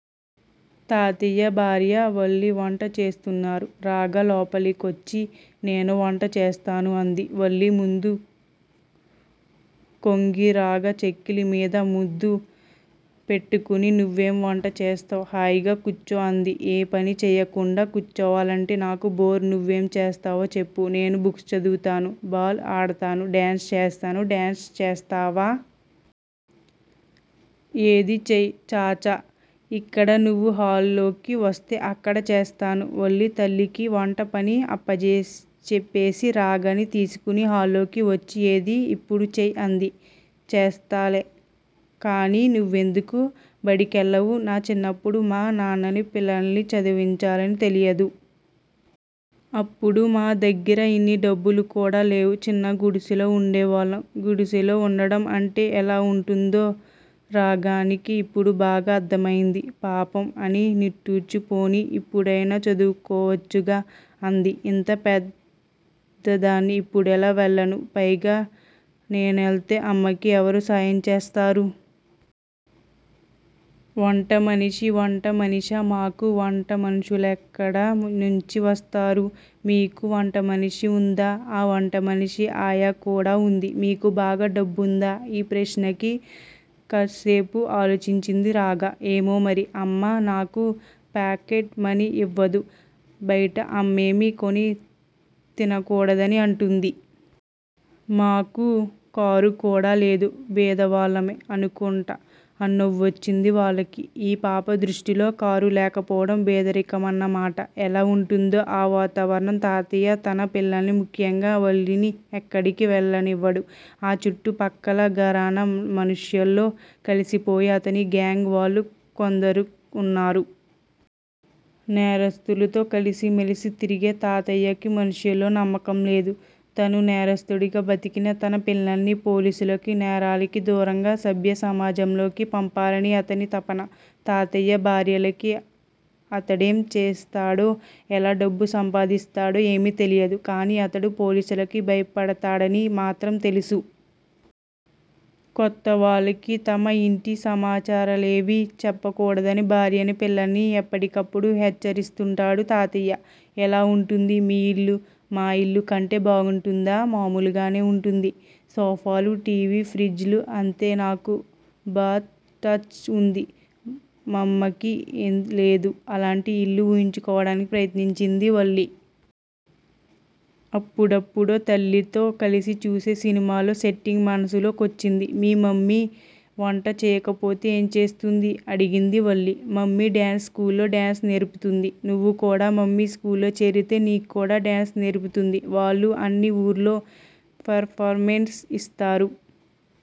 తాతయ్య భార్య, వల్లి వంట చేస్తున్నారు. రాగ లోపలికొచ్చి నేను వంట చేస్తాను అంది. వల్లి ముందు కొంగి రాగ చెక్కిలి మీద ముద్దు పెట్టుకుని, నువెం వంట చేస్తావు? హాయిగా కూర్చో అంది. ఏ పని చెయ్యకుండా కుర్చోవాలంటే నాకు బోర్ నువెం చేస్తావో చెప్పు నేను బుక్స్ చదువుతాను- బాల్ ఆడతాను- డాన్స్ చేస్తాను డాన్స్ చేస్తావా? ఏది చెయ్యి. ఛ ఛ! ఇక్కడా! నువు హాల్ లోకి వస్తే అక్కడ చేస్తాను. వల్లి తల్లికి వంట పని అప్పజేసి అప్పజెప్పేసి, రాగని తీసుకుని హాల్లోకి వచ్చి ఏది యిప్పుడు చెయ్యి అంది. చేస్తాలే కాని, నువెందుకు బడికెళ్ళవు? నా చిన్నప్పుడు మా నాన్ననీ పిల్లల్ని చదివించాలని తెలియదు. అప్పుడు మా దగ్గిర యిన్ని డబ్బులు కూడా లేవు. చిన్న గుడిసెలో వుండే వాళ్ళం. గుడిసెలో వుండడం అంటే ఎలా వుంటుందో రాగనీకి యిప్పుడు బాగా అర్ధమైపోయింది. పాపం! అని నిట్టూర్చి పోనీ యిప్పుడైనా చదువుకోవచ్చుగా, అంది. ఇంత పెద్దదాన్ని ఇప్పుడెలా వెళ్ళను? పైగా నేనేల్తే అమ్మకి ఎవరు సాయం చేస్తారు? వంటమనిషి వంటమనిషా! మాకు వంటమనుష్యులెక్కడ నుంచి వస్తారు? మీకు వంట మనిషి ఉందా! ఆ! వంటమనిషి, ఆయా కూడా వుంది. మీకు బాగా డబ్బుందా? ఈ ప్రశ్నకి కాస్సేపు ఆలోచించింది రాగ. ఏమో మరి? అమ్మ నాకు ప్యాకెట్ మని యివదు. బయట అమ్మేమీ కొని తినకూడదని అంటుంది. మాకు కారు కూడా లేదు. బీదవాళ్ళమే అనుకుంటా నవొచ్చింది వాల్లికి. ఈ పాప దృష్టిలో కారు లేకపోవడం బీదరికమన్నమాట. ఎలా వుంటుందో ఆ వాతావరణం. తాతయ్య తన పిల్లల్ని ముఖ్యంగా వల్లిని ఎక్కడికి వెళ్ళనివడు. ఆ చుట్టూ పక్కల ఘరానా మనుష్యులల్లో కలిసిపోయి అతని గ్యాంగ్ వాళ్ళు కొందరుఉన్నారు. నేరస్థులతో కలిసి మెలిసి తిరిగే తాతయ్యకి మనుష్యుల్లో నమ్మకం లేదు. తను నేరస్థుడిగా బ్రతికినా తన పిల్లల్ని పోలీసులకి, నేరాలకి దూరంగా సభ్య సమాజంలోకి పంపాలని అతని తపన. తాతయ్య భార్యకి అతడెం చేస్తాడో? ఎలా డబ్బు సంపాదిస్తాడో? ఏమి తెలియదు. కానీ అతడు పోలీసులకి భయపడతాడని మాత్రం తెలుసు. కొత్త వాళ్ళకి తమ యింటి సమాచారాలేమి చెప్పకూడదని, భార్యని, పిల్లలని ఎప్పటికప్పుడు హెచ్చరిస్తుంటాడు తాతయ్య. ఎలా వుంటుంది మీ యిల్లు? మా యిల్లు కంటే బాగుంటుందా? మాములుగానే వుంటుంది. సోఫాలు, టి. వి. ప్ర్హిజ్ అంతే నాకు బాత్ టచ్ వుంది. మామకి లేదు. అలాంటి ఇల్లు ఉహించుకోడానికి ప్రయత్నించింది వల్లి. అప్పుడప్పుడో తల్లితో కలిసి చూసే సినిమాలో సెట్టింగ్ మనసులో కొచ్చింది. మీ మమ్మీ వంట చేయకపోతే ఏం చేస్తుంది? అడిగింది వల్లి. మమ్మీ డాన్సు స్కూల్లో డాన్సు నేర్పుతుంది. నువు కూడా మమ్మీ స్కూల్లో చేరితే నిక్కుడా డాన్స్ నేర్పుతుంది. వాళ్ళు అన్నీ ఉళ్ళల్లో పర్ఫామెన్స్ యిస్తారు.